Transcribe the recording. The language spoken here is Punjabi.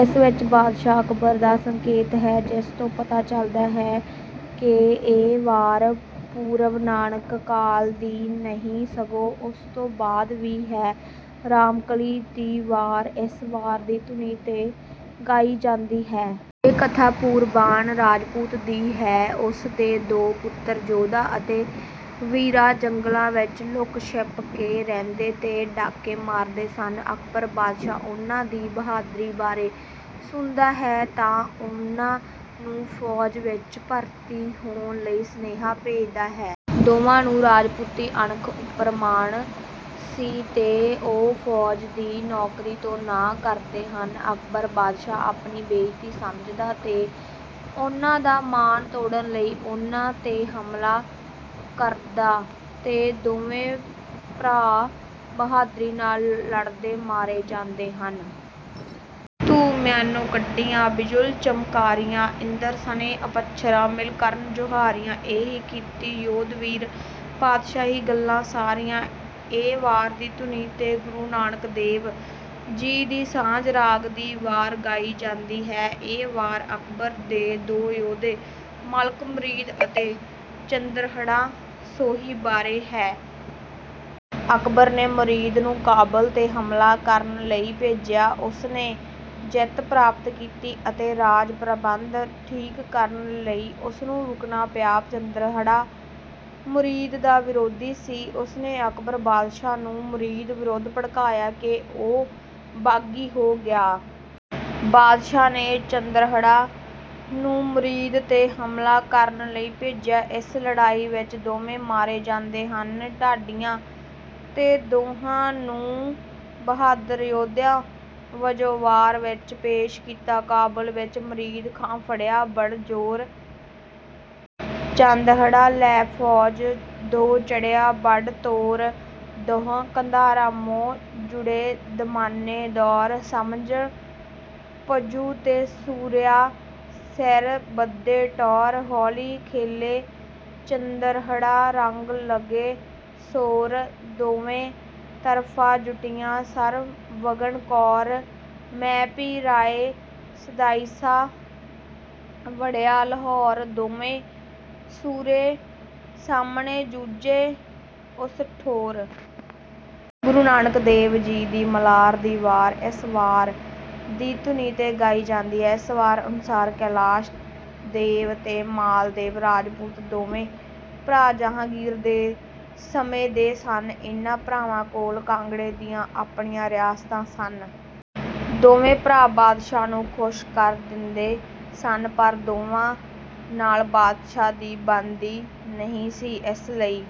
ਇਸ ਵਿੱਚ ਬਾਦਸ਼ਾਹ ਅਕਬਰ ਦਾ ਸੰਕੇਤ ਹੈ ਜਿਸ ਤੋਂ ਪਤਾ ਚਲਦਾ ਹੈ ਕਿ ਇਹ ਵਾਰ ਪੂਰਵ ਨਾਨਕ ਕਾਲ ਦੀ ਨਹੀਂ ਸਗੋਂ ਉਸ ਤੋਂ ਬਾਅਦ ਵੀ ਹੈ। ਰਾਮਕਲੀ ਦੀ ਵਾਰ ਇਸ ਵਾਰ ਦੀ ਧੁਨੀ ਤੇ ਗਾਈ ਜਾਂਦੀ ਹੈ। ਇਹ ਕਥਾ ਪੂਰਬਾਣ ਰਾਜਪੂਤ ਦੀ ਹੈ। ਉਸ ਦੇ ਦੋ ਪੁੱਤਰ ਜੋਧਾ ਅਤੇ ਵੀਰਾ ਜੰਗਲਾ ਵਿੱਚ ਲੁੱਕ ਛਿਪ ਕੇ ਰਹਿੰਦੇ ਤੇ ਡਾਕੇ ਮਾਰਦੇ ਸਨ। ਅਕਬਰ ਬਾਦਸ਼ਾਹ ਉਹਨਾਂ ਦੀ ਬਹਾਦਰੀ ਬਾਰੇ ਸੁਣਦਾ ਹੈ ਤਾਂ ਉਹਨਾਂ ਨੂੰ ਫੌਜ਼ ਵਿੱਚ ਭਰਤੀ ਹੋਣ ਲਈ ਸੁਨੇਹਾ ਭੇਜਦਾ ਹੈ। ਦੋਵਾਂ ਨੂੰ ਰਾਜਪੂਤੀ ਅਣਖ ਉਪਰ ਮਾਣ ਸੀ ਤੇ ਉਹ ਫੌਜ਼ ਦੀ ਨੌਕਰੀ ਤੋਂ ਨਾਹ ਕਰਦੇ ਹਨ। ਅਕਬਰ ਬਾਦਸ਼ਾਹ ਆਪਣੀ ਬੇਇੱਜਤੀ ਸਮਝਦਾ ਤੇ ਉਹਨਾਂ ਦਾ ਮਾਣ ਤੋੜ੍ਹਨ ਲਈ ਉਹਨਾਂ ਤੇ ਹਮਲਾ ਕਰਦਾ, ਤੇ ਦੋਵੇ ਭਰਾ ਬਹਾਦਰੀ ਨਾਲ ਲੜ੍ਹਦੇ ਮਾਰੇ ਜਾਂਦੇ ਹਨ। ਧੂਹ ਮਿਆਨੋ ਕੱਢੀਆਂ ਬਿਜੁਲ ਚਮਕਾਰੀਆਂ ਇੰਦਰ ਸਣੇ ਅਪੱਛਰਾ ਮਿਲ ਕਰਨ ਜੁਹਾਰੀਆਂ। ਏ ਹੀ ਕੀਤੀ ਜੋਧ ਵੀਰ ਪਾਤਸ਼ਾਹੀ ਗੱਲਾ ਸਾਰੀਆਂ। ਇਹ ਵਾਰ ਦੀ ਧੁਨੀ ਤੇ ਗੁਰੂ ਨਾਨਕ ਦੇਵ ਜੀ ਦੀ ਸਾਝ ਰਾਗ ਦੀ ਵਾਰ ਗਾਈ ਜਾਂਦੀ ਹੈ, ਇਹ ਵਾਰ ਅਕਬਰ ਦੇ ਦੋ ਯੋਧੇ ਮਲਕ ਮੁਰੀਦ ਅਤੇ ਚੰਦਰਹੜ੍ਹਾ ਸੋਹੀ ਬਾਰੇ ਹੈ। ਅਕਬਰ ਨੇ ਮੁਰੀਦ ਨੂੰ ਕਾਬਲ ਤੇ ਹਮਲਾ ਕਰਨ ਲਈ ਭੇਜਿਆ। ਉਸਨੇ ਜਿੱਤ ਪ੍ਰਾਪਤ ਕੀਤੀ ਅਤੇ ਰਾਜ ਪ੍ਰਬੰਧ ਠੀਕ ਕਰਨ ਲਈ ਉਸਨੂੰ ਰੁਕਣਾ ਪਿਆ। ਚੰਦਰਹੜ੍ਹਾ ਮੁਰੀਦ ਦਾ ਵਿਰੋਧੀ ਸੀ ਉਸਨੇ ਅਕਬਰ ਬਾਦਸ਼ਾਹ ਨੂੰ ਮੁਰੀਦ ਵਿਰੁੱਧ ਭੜਕਾਇਆ ਕਿ ਉਹ ਬਾਗੀ ਹੋ ਗਿਆ। ਬਾਦਸ਼ਾਹ ਨੇ ਚੰਦਰਹੜ੍ਹਾ ਨੂੰ ਮੁਰੀਦ ਤੇ ਹਮਲਾ ਕਰਨ ਲਈ ਭੇਜਿਆ। ਇਸ ਲੜ੍ਹਾਈ ਵਿੱਚ ਦੋਵੇਂ ਮਾਰੇ ਜਾਂਦੇ ਹਨ। ਢਾਡੀਆਂ ਤੇ ਦੋਹਾਂ ਨੂੰ ਬਹਾਦਰ ਯੋਧਿਆ ਵਜੋਂ ਵਾਰ ਵਿੱਚ ਪੇਸ਼ ਕੀਤਾ। ਕਾਬੁਲ ਵਿੱਚ ਮੁਰੀਦ ਖਾਂ ਫੜ੍ਹਿਆ ਬੜ ਜ਼ੋਰ। ਚੰਦਹੜ੍ਹਾ ਲੈ ਫੌਜ ਦੋ ਚੜ੍ਹਿਆ ਬਡ ਤੋਰ। ਦੁਹਾ ਕੰਧਾਰਾਂ ਮੁਹ ਜੁੜ੍ਹੇ ਦਾਮਾਨੇ ਦੌਰ। ਸਮਝ ਪਜੂ ਤੇ ਸੂਰਿਆਂ ਸਿਰ ਬੱਧੇ ਟੌਰ। ਹੌਲੀ ਖੇਲੇ ਚੰਦਰਹੜ੍ਹਾ ਰੰਗ ਲਗੇ ਸੌਰ। ਦੋਵੇ ਤਰਫਾ ਜੁਟੀਆਂ ਸਰ ਵਗਨ ਕੌਰ। ਮੈਂ ਭੀ ਰਾਇ ਸਦਾਇਸਾ ਵੜ੍ਹਿਆ ਲਾਹੌਰ ਦੋਵੇ ਸੂਰੇ ਸਾਮਣੇ ਜੂਝੇ ਉਸ ਠੋਰ। ਗੁਰੂ ਨਾਨਕ ਦੇਵ ਜੀ ਦੀ ਮਲਾਰ ਦੀ ਵਾਰ ਇਸ ਵਾਰ ਦੀ ਧੁਨੀ ਤੇ ਗਾਈ ਜਾਂਦੀ ਹੈ। ਇਸ ਵਾਰ ਅਨੁਸਾਰ ਕੈਲਾਸ਼ ਦੇਵ ਤੇ ਮਾਲ ਦੇਵ ਰਾਜਪੂਤ ਦੋਵੇ ਭਰਾ ਜਹਾਂਗੀਰ ਦੇ ਸਮੇਂ ਦੇ ਸਨ। ਇਹਨਾਂ ਭਰਾਵਾਂ ਕੋਲ ਕਾਂਗੜ੍ਹੇ ਦੀਆਂ ਆਪਣੀਆਂ ਰਿਆਸਤਾਂ ਸਨ। ਦੋਵੇਂ ਭਰਾ ਬਾਦਸ਼ਾਹ ਨੂੰ ਖੁੱਸ਼ ਕਰ ਦਿੰਦੇ ਸਨ ਪਰ ਦੋਵਾਂ ਨਾਲ ਬਾਦਸ਼ਾਹ ਦੀ ਬਣਦੀ ਨਹੀਂ ਸੀ। ਇਸ ਲਈ